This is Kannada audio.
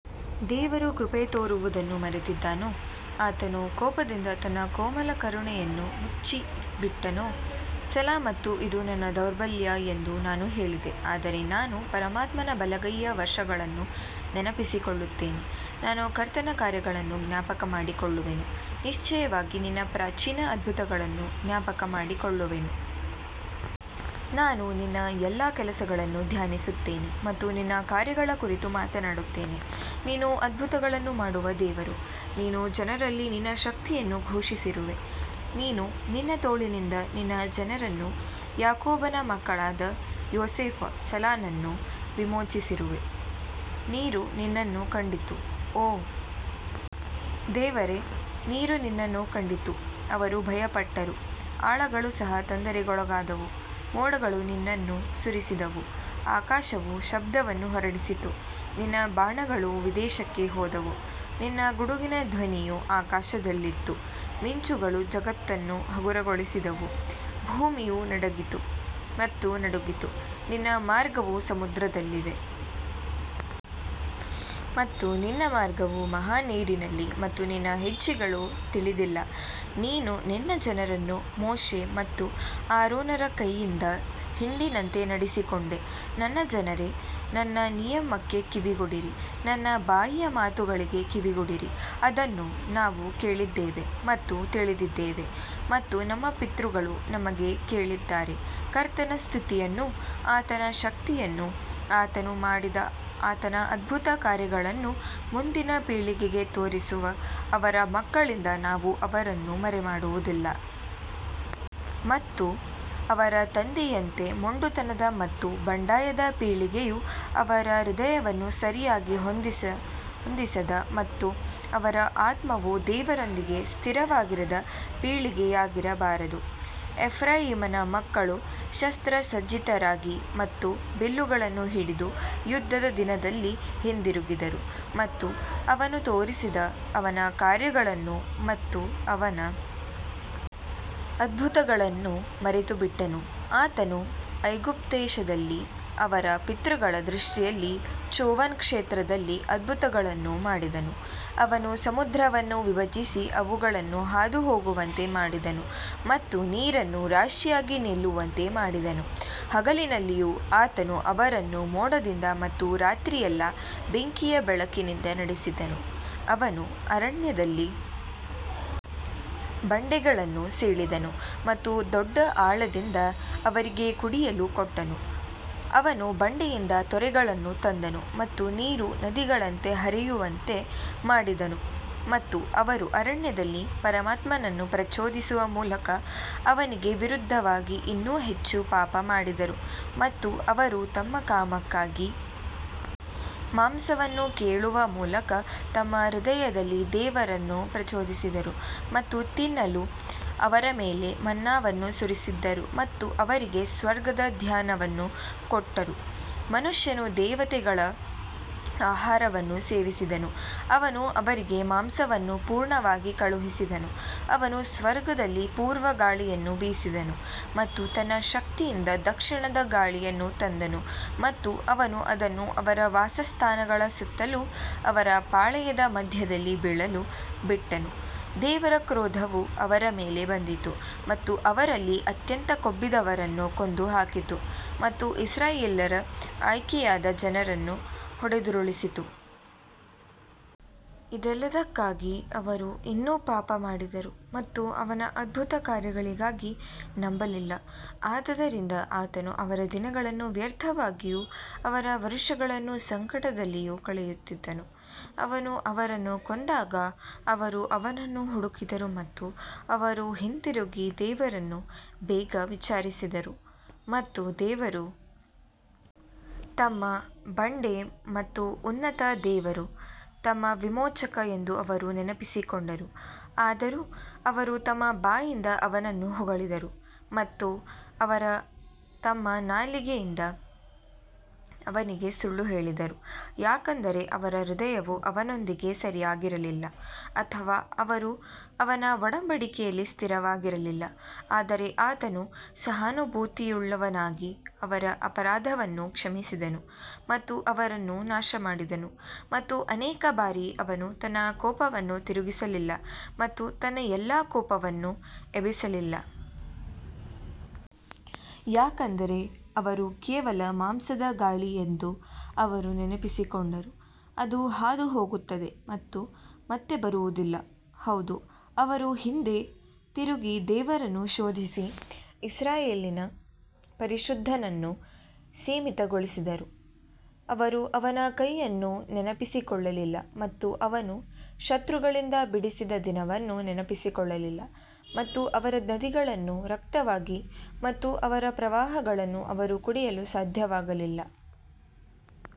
ದೇವರು ಕೃಪೆ ತೋರುವುದನ್ನು ಮರೆತಿದ್ದಾನೋ, ಆತನು ಕೋಪದಿಂದ ತನ್ನ ಕೋಮಲ ಕರುಣೆಯನ್ನು ಮುಚ್ಚಿಬಿಟ್ಟನೋ ಸೆಲಾ ಮತ್ತು ಇದು ನನ್ನ ದೌರ್ಬಲ್ಯ ಎಂದು ನಾನು ಹೇಳಿದೆ ಆದರೆ ನಾನು ಪರಮಾತ್ಮನ ಬಲಗೈಯ ವರ್ಷಗಳನ್ನು ನೆನಪಿಸಿಕೊಳ್ಳುತ್ತೇನೆ ನಾನು ಕರ್ತನ ಕಾರ್ಯಗಳನ್ನು ಜ್ಞಾಪಕಮಾಡಿಕೊಳ್ಳುವೆನು, ನಿಶ್ಚಯವಾಗಿ ನಿನ್ನ ಪ್ರಾಚೀನ ಅದ್ಭುತಗಳನ್ನು ಜ್ಞಾಪಕಮಾಡಿಕೊಳ್ಳುವೆನು ನಾನು ನಿನ್ನ ಎಲ್ಲಾ ಕೆಲಸಗಳನ್ನು ಧ್ಯಾನಿಸುತ್ತೇನೆ ಮತ್ತು ನಿನ್ನ ಕಾರ್ಯಗಳ ಕುರಿತು ಮಾತನಾಡುತ್ತೇನೆ ನೀನು ಅದ್ಭುತಗಳನ್ನು ಮಾಡುವ ದೇವರು, ನೀನು ಜನರಲ್ಲಿ ನಿನ್ನ ಶಕ್ತಿಯನ್ನು ಘೋಷಿಸಿರುವೆ ನೀನು ನಿನ್ನ ತೋಳಿನಿಂದ ನಿನ್ನ ಜನರನ್ನು ಯಾಕೋಬನ ಮಕ್ಕಳಾದ ಯೋಸೇಫ ಸೆಲಾನನ್ನು ವಿಮೋಚಿಸಿರುವೆ ನೀರು ನಿನ್ನನ್ನು ಕಂಡಿತು ಓ ದೇವರೇ ನೀರು ನಿನ್ನನ್ನು ಕಂಡಿತು ಅವರು ಭಯಪಟ್ಟರು ಆಳಗಳು ಸಹ ತೊಂದರೆಗೊಳಗಾದವು ಮೋಡಗಳು ನೀರನ್ನು ಸುರಿಸಿದವು ಆಕಾಶವು ಶಬ್ದವನ್ನು ಹೊರಡಿಸಿತು ನಿನ್ನ ಬಾಣಗಳೂ ವಿದೇಶಕ್ಕೆ ಹೋದವು ನಿನ್ನ ಗುಡುಗಿನ ಧ್ವನಿಯು ಆಕಾಶದಲ್ಲಿತ್ತು ಮಿಂಚುಗಳು ಜಗತ್ತನ್ನು ಹಗುರಗೊಳಿಸಿದವು ಭೂಮಿಯು ನಡುಗಿತು ಮತ್ತು ನಡುಗಿತು ನಿನ್ನ ಮಾರ್ಗವು ಸಮುದ್ರದಲ್ಲಿದೆ ಮತ್ತು ನಿನ್ನ ಮಾರ್ಗವು ಮಹಾ ನೀರಿನಲ್ಲಿ ಮತ್ತು ನಿನ್ನ ಹೆಜ್ಜೆಗಳು ತಿಳಿದಿಲ್ಲ ನೀನು ನಿನ್ನ ಜನರನ್ನು ಮೋಶೆ ಮತ್ತು ಆರೋನರ ಕೈಯಿಂದ ಹಿಂಡಿನಂತೆ ನಡೆಸಿಕೊಂಡೆ ನನ್ನ ಜನರೇ, ನನ್ನ ನಿಯಮಕ್ಕೆ ಕಿವಿಗೊಡಿರಿ, ನನ್ನ ಬಾಯಿಯ ಮಾತುಗಳಿಗೆ ಕಿವಿಗೊಡಿರಿ ಅದನ್ನು ನಾವು ಕೇಳಿದ್ದೇವೆ ಮತ್ತು ತಿಳಿದಿದ್ದೇವೆ ಮತ್ತು ನಮ್ಮ ಪಿತೃಗಳು ನಮಗೆ ಹೇಳಿದ್ದಾರೆ ಕರ್ತನ ಸ್ತುತಿಯನ್ನೂ ಆತನ ಶಕ್ತಿಯನ್ನೂ ಆತನು ಮಾಡಿದ ಆತನ ಅದ್ಭುತಕಾರ್ಯಗಳನ್ನೂ ಮುಂದಿನ ಪೀಳಿಗೆಗೆ ತೋರಿಸುವ ಅವರ ಮಕ್ಕಳಿಂದ ನಾವು ಅವರನ್ನು ಮರೆಮಾಡುವುದಿಲ್ಲ. ಮತ್ತು ಅವರ ತಂದೆಯಂತೆ ಮೊಂಡುತನದ ಮತ್ತು ಬಂಡಾಯದ ಪೀಳಿಗೆಯು ಅವರ ಹೃದಯವನ್ನು ಸರಿಯಾಗಿ ಹೊಂದಿಸದ ಮತ್ತು ಅವರ ಆತ್ಮವು ದೇವರೊಂದಿಗೆ ಸ್ಥಿರವಾಗಿರದ ಪೀಳಿಗೆಯಾಗಿರಬಾರದು. ಎಫ್ರಾಯೀಮನ ಮಕ್ಕಳು ಶಸ್ತ್ರಸಜ್ಜಿತರಾಗಿ ಮತ್ತು ಬಿಲ್ಲುಗಳನ್ನು ಹಿಡಿದು ಯುದ್ಧದ ದಿನದಲ್ಲಿ ಹಿಂತಿರುಗಿದರು ಮತ್ತು ಅವನು ತೋರಿಸಿದ ಅವನ ಕಾರ್ಯಗಳನ್ನು ಮತ್ತು ಅವನ ಅದ್ಭುತಗಳನ್ನು ಮರೆತುಬಿಟ್ಟನು ಆತನು ಐಗುಪ್ತದೇಶದಲ್ಲಿ ಅವರ ಪಿತೃಗಳ ದೃಷ್ಟಿಯಲ್ಲಿ ಚೋವನ್ ಕ್ಷೇತ್ರದಲ್ಲಿ ಅದ್ಭುತಗಳನ್ನು ಮಾಡಿದನು ಅವನು ಸಮುದ್ರವನ್ನು ವಿಭಜಿಸಿ ಅವುಗಳನ್ನು ಹಾದುಹೋಗುವಂತೆ ಮಾಡಿದನು ಮತ್ತು ನೀರನ್ನು ರಾಶಿಯಾಗಿ ನಿಲ್ಲುವಂತೆ ಮಾಡಿದನು ಹಗಲಿನಲ್ಲಿಯೂ ಆತನು ಅವರನ್ನು ಮೋಡದಿಂದ ಮತ್ತು ರಾತ್ರಿಯೆಲ್ಲಾ ಬೆಂಕಿಯ ಬೆಳಕಿನಿಂದ ನಡೆಸಿದನು ಅವನು ಅರಣ್ಯದಲ್ಲಿ ಬಂಡೆಗಳನ್ನು ಸೀಳಿದನು ಮತ್ತು ದೊಡ್ಡ ಆಳದಿಂದ ಅವರಿಗೆ ಕುಡಿಯಲು ಕೊಟ್ಟನು ಅವನು ಬಂಡೆಯಿಂದ ತೊರೆಗಳನ್ನು ತಂದನು ಮತ್ತು ನೀರು ನದಿಗಳಂತೆ ಹರಿಯುವಂತೆ ಮಾಡಿದನು ಮತ್ತು ಅವರು ಅರಣ್ಯದಲ್ಲಿ ಪರಮಾತ್ಮನನ್ನು ಪ್ರಚೋದಿಸುವ ಮೂಲಕ ಅವನಿಗೆ ವಿರುದ್ಧವಾಗಿ ಇನ್ನೂ ಹೆಚ್ಚು ಪಾಪ ಮಾಡಿದರು ಮತ್ತು ಅವರು ತಮ್ಮ ಕಾಮಕ್ಕಾಗಿ ಮಾಂಸವನ್ನು ಕೇಳುವ ಮೂಲಕ ತಮ್ಮ ಹೃದಯದಲ್ಲಿ ದೇವರನ್ನು ಪ್ರಚೋದಿಸಿದರು ಮತ್ತು ತಿನ್ನಲು ಅವರ ಮೇಲೆ ಮನ್ನಾವನ್ನು ಸುರಿಸಿದ್ದರು ಮತ್ತು ಅವರಿಗೆ ಸ್ವರ್ಗದ ಧಾನ್ಯವನ್ನು ಕೊಟ್ಟರು ಮನುಷ್ಯನು ದೇವತೆಗಳ ಆಹಾರವನ್ನು ಸೇವಿಸಿದನು, ಅವನು ಅವರಿಗೆ ಮಾಂಸವನ್ನು ಪೂರ್ಣವಾಗಿ ಕಳುಹಿಸಿದನು ಅವನು ಸ್ವರ್ಗದಲ್ಲಿ ಪೂರ್ವ ಗಾಳಿಯನ್ನು ಬೀಸಿದನು ಮತ್ತು ತನ್ನ ಶಕ್ತಿಯಿಂದ ದಕ್ಷಿಣದ ಗಾಳಿಯನ್ನು ತಂದನು ಮತ್ತು ಅವನು ಅದನ್ನು ಅವರ ವಾಸಸ್ಥಾನಗಳ ಸುತ್ತಲೂ ಅವರ ಪಾಳೆಯದ ಮಧ್ಯದಲ್ಲಿ ಬೀಳಲು ಬಿಟ್ಟನು ದೇವರ ಕ್ರೋಧವು ಅವರ ಮೇಲೆ ಬಂದಿತು ಮತ್ತು ಅವರಲ್ಲಿ ಅತ್ಯಂತ ಕೊಬ್ಬಿದವರನ್ನು ಕೊಂದುಹಾಕಿತು ಮತ್ತು ಇಸ್ರಾಯೇಲ್ಯರ ಆಯ್ಕೆಯಾದ ಜನರನ್ನು ಹೊಡೆದುರುಳಿಸಿತು. ಇದೆಲ್ಲದಕ್ಕಾಗಿ ಅವರು ಇನ್ನೂ ಪಾಪ ಮಾಡಿದರು ಮತ್ತು ಅವನ ಅದ್ಭುತ ಕಾರ್ಯಗಳಿಗಾಗಿ ನಂಬಲಿಲ್ಲ ಆದದರಿಂದ ಆತನು ಅವರ ದಿನಗಳನ್ನು ವ್ಯರ್ಥವಾಗಿಯೂ ಅವರ ವರುಷಗಳನ್ನು ಸಂಕಟದಲ್ಲಿಯೂ ಕಳೆಯುತ್ತಿದ್ದನು ಅವನು ಅವರನ್ನು ಕೊಂದಾಗ ಅವರು ಅವನನ್ನು ಹುಡುಕಿದರು ಮತ್ತು ಅವರು ಹಿಂತಿರುಗಿ ದೇವರನ್ನು ಬೇಗ ವಿಚಾರಿಸಿದರು ಮತ್ತು ದೇವರು ತಮ್ಮ ಬಂಡೆ ಮತ್ತು ಉನ್ನತ ದೇವರು ತಮ್ಮ ವಿಮೋಚಕ ಎಂದು ಅವರು ನೆನಪಿಸಿಕೊಂಡರು ಆದರೂ ಅವರು ತಮ್ಮ ಬಾಯಿಂದ ಅವನನ್ನು ಹೊಗಳಿದರು ಮತ್ತು ಅವರು ತಮ್ಮ ನಾಲಿಗೆಯಿಂದ ಅವನಿಗೆ ಸುಳ್ಳು ಹೇಳಿದರು ಯಾಕಂದರೆ ಅವರ ಹೃದಯವು ಅವನೊಂದಿಗೆ ಸರಿಯಾಗಿರಲಿಲ್ಲ ಅಥವಾ ಅವರು ಅವನ ಒಡಂಬಡಿಕೆಯಲ್ಲಿ ಸ್ಥಿರವಾಗಿರಲಿಲ್ಲ ಆದರೆ ಆತನು ಸಹಾನುಭೂತಿಯುಳ್ಳವನಾಗಿ ಅವರ ಅಪರಾಧವನ್ನು ಕ್ಷಮಿಸಿದನು ಮತ್ತು ಅವರನ್ನು ನಾಶಮಾಡಿದನು ಮತ್ತು ಅನೇಕ ಬಾರಿ ಅವನು ತನ್ನ ಕೋಪವನ್ನು ತಿರುಗಿಸಲಿಲ್ಲ ಮತ್ತು ತನ್ನ ಎಲ್ಲಾ ಕೋಪವನ್ನು ಎಬ್ಬಿಸಲಿಲ್ಲ. ಯಾಕಂದರೆ ಅವರು ಕೇವಲ ಮಾಂಸದ ಗಾಳಿ ಎಂದು ಅವರು ನೆನಪಿಸಿಕೊಂಡರು, ಅದು ಹಾದುಹೋಗುತ್ತದೆ ಮತ್ತು ಮತ್ತೆ ಬರುವುದಿಲ್ಲ ಹೌದು ಅವರು ಹಿಂದೆ ತಿರುಗಿ ದೇವರನ್ನು ಶೋಧಿಸಿ ಇಸ್ರಾಯೇಲಿನ ಪರಿಶುದ್ಧನನ್ನು ಸೀಮಿತಗೊಳಿಸಿದರು ಅವರು ಅವನ ಕೈಯನ್ನು ನೆನಪಿಸಿಕೊಳ್ಳಲಿಲ್ಲ ಮತ್ತು ಅವನು ಶತ್ರುಗಳಿಂದ ಬಿಡಿಸಿದ ದಿನವನ್ನು ನೆನಪಿಸಿಕೊಳ್ಳಲಿಲ್ಲ ಮತ್ತು ಅವರ ನದಿಗಳನ್ನು ರಕ್ತವಾಗಿ ಮತ್ತು ಅವರ ಪ್ರವಾಹಗಳನ್ನು ಅವರು ಕುಡಿಯಲು ಸಾಧ್ಯವಾಗಲಿಲ್ಲ.